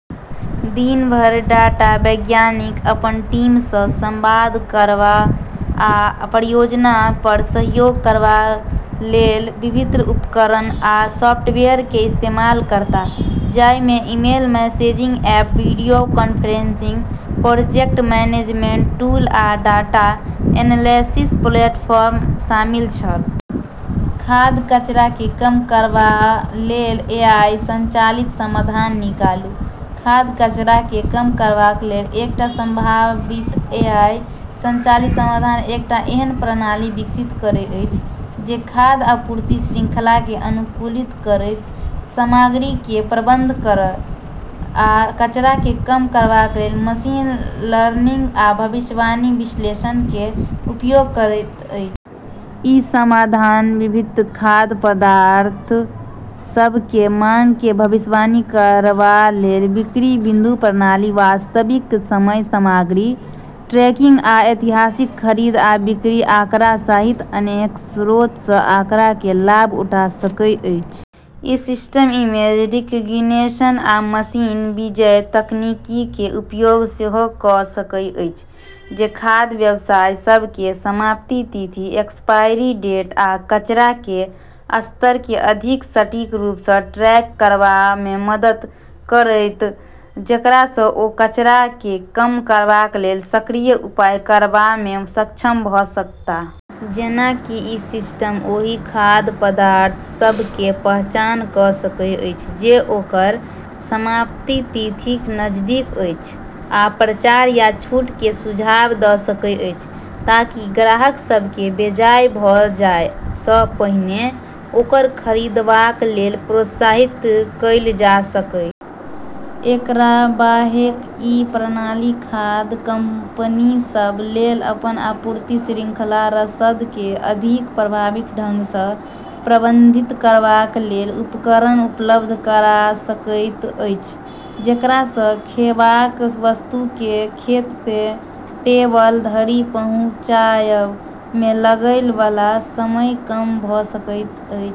दिन भरि डाटा वैज्ञानिक अपन टीम सँ संवाद करब आ परियोजना पर सहयोग करबा लेल विभिन्न उपकरण आ सॉफ्टवेयर केर इस्तेमाल करताह, जाहि मे email, messaging app, video conferencing, project management tool, आ डाटा एनालिसिस प्लेटफॉर्म शामिल छल। खाद्य कचरा केँ कम करबा लेल एआई संचालित समाधान निकालू। खाद्य कचरा केँ कम करबा लेल एकटा सम्भावित एआई संचालित समाधान एकटा एहन प्रणाली विकसित करब अछि जे खाद्य आपूर्ति श्रृंखला केँ अनुकूलित करय, सामग्री केर प्रबंधन करय आ कचरा केँ कम करबा लेल मशीन लर्निंग आ भविष्यवाणी विश्लेषण केर उपयोग करैत अछि। ई समाधान विभिन्न खाद्य पदार्थ सभ केर माँग केर भविष्यवाणी करबा लेल बिक्री बिंदु प्रणाली, वास्तविक समय सामग्री ट्रैकिंग, आ ऐतिहासिक खरीद आ बिक्री आँकड़ा सहित अनेक स्रोत सँ आँकड़ा केर लाभ उठा सकैत अछि। ई सिस्टम इमेज रिकग्निशन आ मशीन विजन तकनीक केर उपयोग सेहो कऽ सकैत अछि, जे खाद्य व्यवसाय सभ केँ समाप्ति तिथि एक्सपायरी डेट आ कचरा केर स्तर केँ अधिक सटीक रूप सँ ट्रैक करबा मे मदद करतैक, जेकरा सँ ओ कचरा केँ कम करबा लेल सक्रिय उपाय करबा मे सक्षम भऽ सकत। जेना कि ई सिस्टम ओहि खाद्य पदार्थ सभ केर पहचान कऽ सकैत अछि जे ओकर समाप्ति तिथिक नजदीक अछि आ प्रचार या छूट केर सुझाव दऽ सकैत अछि ताकि ग्राहक सभ केँ बेजाय भऽ जाय सँ पहिने ओकरा खरीदबा लेल प्रोत्साहित कएल जा सकय। एकरा बाहेक ई प्रणाली खाद्य कंपनी सभ लेल अपन आपूर्ति श्रृंखला रसद केँ अधिक प्रभावी ढंग सँ प्रबंधित करबा लेल उपकरण उपलब्ध करा सकैत अछि, जेकरा सँ खैबाक वस्तु केँ खेत सँ टेबल धरि पहुँचबाय मे लागै बला समय कम भऽ सकैत अछि।